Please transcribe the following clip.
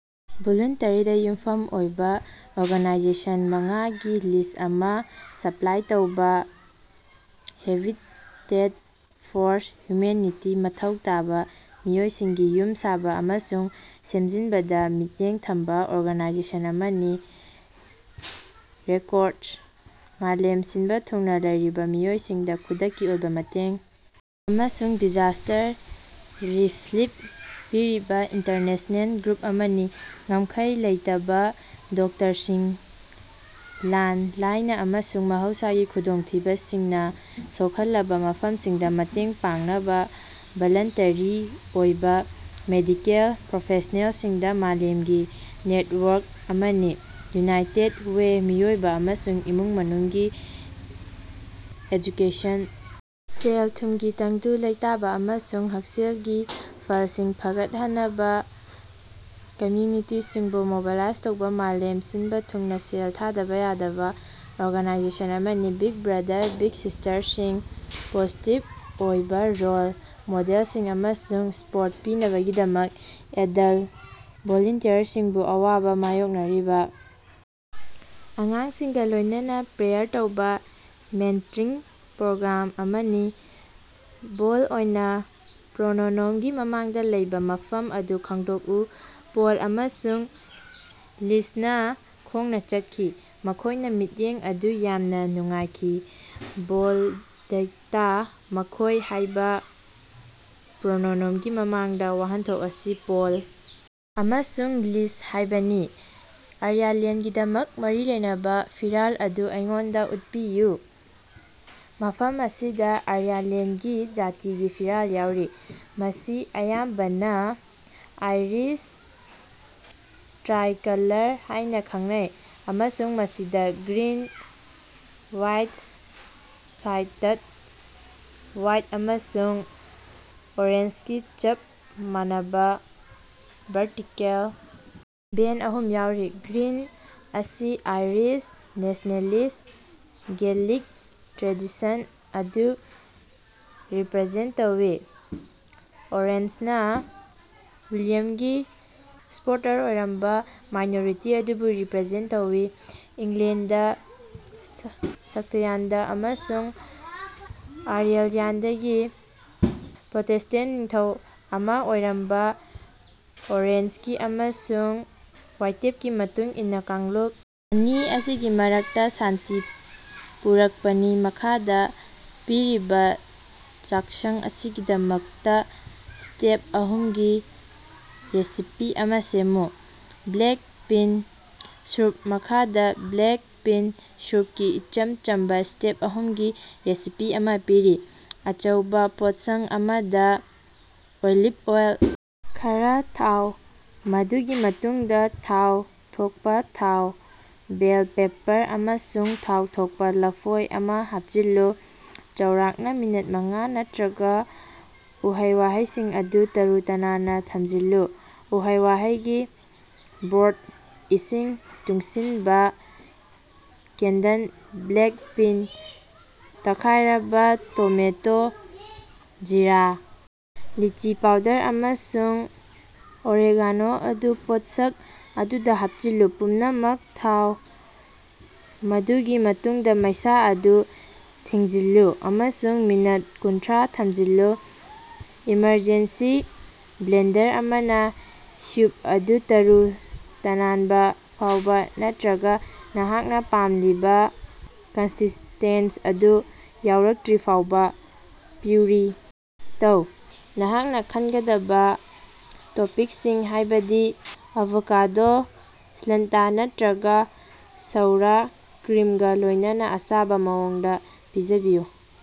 ꯚꯣꯂꯨꯟꯇꯤꯌꯔꯗ ꯌꯨꯝꯐꯝ ꯑꯣꯏꯕ ꯑꯣꯔꯒꯥꯅꯥꯏꯖꯦꯁꯟ ꯃꯉꯥꯒꯤ ꯂꯤꯁ꯭ꯠ ꯑꯃꯥ ꯁꯄꯂꯥꯏ ꯇꯧꯕꯥ꯫ ꯍꯦꯕꯤꯇꯦꯠ ꯐꯣꯔ ꯍ꯭ꯌꯨꯃꯦꯅꯤꯇꯤ: ꯃꯊꯧ ꯇꯥꯕꯥ ꯃꯤꯑꯣꯏꯁꯤꯡꯒꯤ ꯌꯨꯝ ꯁꯥꯕ ꯑꯃꯁꯨꯡ ꯁꯦꯝꯖꯤꯟꯕꯗꯥ ꯃꯤꯠꯌꯦꯡ ꯊꯝꯕ ꯑꯣꯔꯒꯅꯥꯏꯖꯦꯁꯟ ꯑꯃꯅꯤ꯫ ꯔꯦꯗ ꯀ꯭ꯔꯣꯁ: ꯃꯥꯂꯦꯝ ꯁꯤꯟꯕ ꯊꯨꯡꯅ ꯂꯩꯔꯤꯕꯥ ꯃꯤꯑꯣꯏꯁꯤꯡꯗ ꯈꯨꯗꯛꯀꯤ ꯑꯣꯏꯕ ꯃꯇꯦꯡ ꯑꯃꯁꯨꯡ ꯗꯤꯖꯥꯁ꯭ꯇꯔ ꯔꯤꯂꯤꯐ ꯄꯤꯔꯤꯕ ꯏꯟꯇꯔꯅꯦꯁ꯭ꯅꯦꯜ ꯒ꯭ꯔꯨꯞ ꯑꯃꯅꯤ꯫ ꯉꯝꯈꯩ ꯂꯩꯇꯕꯥ ꯗꯣꯛꯇꯔꯁꯤꯡ: ꯂꯥꯟ, ꯂꯥꯏꯅꯥ, ꯑꯃꯁꯨꯡ ꯃꯍꯧꯁꯥꯒꯤ ꯈꯨꯗꯣꯡꯊꯤꯕꯁꯤꯡꯅ ꯁꯣꯛꯍꯜꯂꯕꯥ ꯃꯐꯝꯁꯤꯡꯗ ꯃꯇꯦꯡ ꯄꯥꯡꯅꯕ ꯚꯣꯂꯨꯟꯇꯔꯤ ꯑꯣꯏꯕ ꯃꯦꯗꯤꯀꯦꯜ ꯄ꯭ꯔꯣꯐꯦꯁ꯭ꯅꯦꯜꯁꯤꯡꯒꯤ ꯃꯥꯂꯦꯝꯒꯤ ꯅꯦꯇꯋꯥꯔꯛ ꯑꯃꯅꯤ꯫ ꯌꯨꯅꯥꯏꯇꯦꯗ ꯋꯦ: ꯃꯤꯑꯣꯏꯕꯥ ꯑꯃꯁꯨꯡ ꯏꯃꯨꯡ ꯃꯅꯨꯡꯒꯤ ꯑꯦꯖꯨꯀꯦꯁꯟ, ꯁꯦꯜ-ꯊꯨꯝꯒꯤ ꯇꯪꯗꯨ ꯂꯩꯇꯥꯕ, ꯑꯃꯁꯨꯡ ꯍꯛꯁꯦꯜꯒꯤ ꯐꯜꯁꯤꯡ ꯐꯒꯠꯍꯟꯅꯕꯥ ꯀꯝꯌꯨꯅꯤꯇꯤꯁꯤꯡꯕꯨ ꯃꯣꯕꯤꯂꯥꯏꯖ ꯇꯧꯕꯥ ꯃꯥꯂꯦꯝ ꯁꯤꯟꯕ ꯊꯨꯡꯅ ꯁꯦꯜ ꯊꯥꯗꯕ ꯌꯥꯗꯕꯥ ꯑꯣꯔꯒꯅꯥꯏꯖꯦꯁꯟ ꯑꯃꯅꯤ꯫ ꯕꯤꯒ ꯕ꯭ꯔꯥꯗꯥꯔꯁ ꯕꯤꯒ ꯁꯤꯁ꯭ꯇꯔꯁꯤꯡ: ꯄꯣꯖꯤꯇꯤꯚ ꯑꯣꯏꯕ ꯔꯣꯜ ꯃꯣꯗꯦꯜꯁꯤꯡ ꯑꯃꯁꯨꯡ ꯁꯄꯣꯔꯠ ꯄꯤꯅꯕꯒꯤꯗꯃꯛ ꯑꯦꯗꯜ ꯚꯣꯂꯨꯟꯇꯤꯌꯔꯁꯤꯡꯕꯨ ꯑꯋꯥꯕꯥ ꯃꯥꯌꯣꯛꯅꯔꯤꯕꯥ ꯑꯉꯥꯡꯁꯤꯡꯒ ꯂꯣꯏꯅꯅꯥ ꯄꯦꯌꯥꯔ ꯇꯧꯕ ꯃꯦꯟꯇꯔꯤꯡ ꯄ꯭ꯔꯣꯒ꯭ꯔꯥꯝ ꯑꯃꯅꯤ꯫ ꯕꯣꯜꯗ ꯑꯣꯏꯅꯥ ꯄ꯭ꯔꯣꯅꯣꯅꯣꯝꯒꯤ ꯃꯃꯥꯡꯗꯥ ꯂꯩꯕꯥ ꯃꯐꯝ ꯑꯗꯨ ꯈꯪꯗꯣꯛꯎ꯫ ꯄꯣꯜ ꯑꯃꯁꯨꯡ ꯂꯤꯖꯅꯥ ꯈꯣꯡꯅꯥ ꯆꯠꯈꯤ꯫ ꯃꯈꯣꯏꯅ ꯃꯤꯠꯌꯦꯡ ꯑꯗꯨ ꯌꯥꯝꯅꯥ ꯅꯨꯡꯉꯥꯏꯈꯤ꯫ ꯕꯣꯜꯗꯇꯥ ꯃꯈꯣꯏ ꯍꯥꯏꯕ ꯄ꯭ꯔꯣꯅꯣꯅꯣꯝꯒꯤ ꯃꯃꯥꯡꯒꯤ ꯋꯥꯍꯟꯊꯣꯛ ꯑꯁꯤ ꯄꯣꯜ ꯑꯃꯁꯨꯡ ꯂꯤꯖ ꯍꯥꯏꯕꯅꯤ꯫ ꯑꯥꯌꯔꯂꯦꯟꯗꯒꯤꯗꯃꯛ ꯃꯔꯤ ꯂꯩꯅꯕ ꯐꯤꯔꯥꯜ ꯑꯗꯨ ꯑꯩꯉꯣꯟꯗꯥ ꯎꯠꯄꯤꯌꯨ꯫ ꯃꯐꯝ ꯑꯁꯤꯗꯥ ꯑꯥꯌꯔꯂꯦꯟꯗꯒꯤ ꯖꯥꯇꯤꯒꯤ ꯐꯤꯔꯥꯜ ꯌꯥꯎꯔꯤ꯫ ꯃꯁꯤ ꯑꯌꯥꯝꯕꯅ ꯑꯥꯏꯔꯤꯁ ꯇ꯭ꯔꯥꯏꯀꯂꯔ ꯍꯥꯏꯅꯥ ꯈꯪꯅꯩ ꯑꯃꯁꯨꯡ ꯃꯁꯤꯗꯥ ꯒ꯭ꯔꯤꯟ ꯋꯥꯏꯁ꯭ꯠ ꯁꯥꯏꯗꯇꯥ ꯋꯥꯏꯠ ꯑꯃꯁꯨꯡ ꯑꯣꯔꯦꯟꯖꯒꯤ ꯆꯞ ꯃꯥꯟꯅꯕ ꯚꯔꯇꯤꯀꯦꯜ ꯕꯦꯟ ꯑꯍꯨꯝ ꯌꯥꯎꯏ꯫ꯒ꯭ꯔꯤꯟ ꯑꯁꯤꯅ ꯑꯥꯏꯔꯤꯁ ꯅꯦꯁ꯭ꯅꯦꯂꯤꯁ꯭ꯠ ꯒꯦꯂꯤꯛ ꯇ꯭ꯔꯦꯗꯤꯁꯟ ꯑꯗꯨ ꯔꯤꯄꯔꯖꯦꯟꯠ ꯇꯧꯏ, ꯑꯣꯔꯦꯟꯖꯅꯥ ꯋꯤꯂꯤꯌꯝꯒꯤ ꯁꯄꯣꯔꯇꯔ ꯑꯣꯏꯔꯝꯕ ꯃꯥꯏꯅꯣꯔꯤꯇꯤ ꯑꯗꯨꯕꯨ ꯔꯤꯄꯔꯖꯦꯟꯠ ꯇꯧꯏ꯫ ꯏꯪꯂꯦꯟꯗ, ꯁꯛꯇꯜꯌꯥꯟꯗ ꯑꯃꯁꯨꯡ ꯑꯥꯌꯥꯔꯜꯌꯥꯟꯗꯒꯤ ꯄ꯭ꯔꯣꯇꯦꯁ꯭ꯇꯦꯟ ꯅꯤꯡꯊꯧ ꯑꯃꯥ ꯑꯣꯏꯔꯝꯕ ꯑꯣꯔꯦꯟꯖꯒꯤ ꯑꯃꯁꯨꯡ ꯋꯥꯏꯇꯦꯞꯀꯤ ꯃꯇꯨꯡ ꯏꯟꯅ ꯀꯥꯡꯂꯨꯞ ꯑꯅꯤ ꯑꯁꯤꯒꯤ ꯃꯔꯛꯇꯥ ꯁꯥꯟꯇꯤ ꯄꯨꯔꯛꯄꯅꯤ꯫ ꯃꯈꯥꯗꯥ ꯄꯤꯔꯤꯕꯥ ꯆꯥꯛꯁꯪ ꯑꯁꯤꯒꯤꯗꯃꯛꯇ ꯁ꯭ꯇꯦꯞ ꯑꯍꯨꯝꯒꯤ ꯔꯦꯁꯤꯄꯤ ꯑꯃꯥ ꯁꯦꯝꯃꯨ꯫ Black bean soup. ꯃꯈꯥꯗꯥ ꯕ꯭ꯂꯦꯛ ꯕꯤꯟ ꯁ꯭ꯌꯨꯞꯀꯤ ꯏꯆꯝ ꯆꯝꯕꯥ ꯁ꯭ꯇꯦꯞ ꯑꯍꯨꯝꯒꯤ ꯔꯦꯁꯤꯄꯤ ꯑꯃꯥ ꯄꯤꯔꯤ: ꯑꯆꯧꯕꯥ ꯄꯣꯠꯁꯛ ꯑꯃꯗꯥ, ꯑꯣꯂꯤꯚ ꯑꯣꯏꯜ ꯈꯔꯥ ꯊꯥꯎ, ꯃꯗꯨꯒꯤ ꯃꯇꯨꯡꯗ ꯊꯥꯎ ꯊꯣꯛꯄꯥ ꯊꯥꯎ, ꯕꯦꯜ ꯄꯦꯄꯔ, ꯑꯃꯁꯨꯡ ꯊꯥꯎ ꯊꯣꯛꯄ ꯂꯐꯣꯏ ꯑꯃꯥ ꯍꯥꯞꯆꯤꯜꯂꯨ꯫ ꯆꯥꯎꯔꯥꯛꯅ ꯃꯤꯅꯠ ꯃꯉꯥ, ꯅꯠꯇꯔꯒ ꯎꯍꯩ-ꯋꯥꯍꯩꯁꯤꯡ ꯑꯗꯨ ꯇꯔꯨ-ꯇꯅꯥꯟꯅ ꯊꯝꯖꯤꯜꯂꯨ꯫ ꯎꯍꯩ-ꯋꯥꯍꯩꯒꯤ ꯕ꯭ꯔꯣꯊ, ꯏꯁꯤꯡ ꯇꯨꯡꯁꯤꯟꯕꯥ ꯀꯦꯟꯗꯜ ꯕ꯭ꯂꯦꯛ ꯕꯤꯟ, ꯇꯛꯈꯥꯏꯔꯕꯥ ꯇꯣꯃꯦꯇꯣ, ꯖꯤꯔꯥ, ꯂꯤꯆꯤ ꯄꯥꯎꯗꯔ, ꯑꯃꯁꯨꯡ ꯑꯣꯔꯦꯒꯥꯅꯣ ꯑꯗꯨ ꯄꯣꯠꯁꯛ ꯑꯗꯨꯗ ꯍꯥꯞꯆꯤꯜꯂꯨ꯫ ꯄꯨꯝꯅꯃꯛ ꯊꯥꯛꯎ, ꯃꯗꯨꯒꯤ ꯃꯇꯨꯡꯗꯥ ꯃꯩꯁꯥ ꯑꯗꯨ ꯊꯤꯡꯖꯤꯜꯂꯨ ꯑꯃꯁꯨꯡ ꯃꯤꯅꯠ ꯀꯨꯟꯊꯔꯥ ꯊꯝꯖꯤꯜꯂꯨ꯫ ꯏꯃꯔꯖꯦꯟꯁꯤ ꯕ꯭ꯂꯦꯟꯗꯔ ꯑꯃꯅꯥ, ꯁ꯭ꯌꯨꯞ ꯑꯗꯨ ꯇꯔꯨ-ꯇꯅꯥꯟꯕꯥ ꯐꯥꯎꯕ, ꯅꯠꯇꯔꯒ ꯅꯍꯥꯛꯅ ꯄꯥꯝꯂꯤꯕ ꯀꯟꯁꯤꯁ꯭ꯇꯦꯟꯁ ꯑꯗꯨ ꯌꯧꯔꯛꯇꯔꯤꯐꯥꯎꯕ ꯄ꯭ꯌꯨꯔꯤ ꯇꯧ꯫ ꯅꯍꯥꯛꯅ ꯈꯟꯒꯗꯕꯥ ꯇꯣꯄꯤꯡꯁꯤꯡ ꯍꯥꯏꯕꯗꯤ ꯑꯦꯚꯣꯀꯦꯗꯣ, ꯁꯤꯂꯟꯇ, ꯅꯠꯇꯔꯒꯥ ꯁꯧꯔ ꯀ꯭ꯔꯤꯝꯒꯥ ꯂꯣꯏꯅꯅꯥ ꯑꯁꯥꯕ ꯃꯑꯣꯡꯗꯥ ꯄꯤꯖꯕꯤꯌꯨ꯫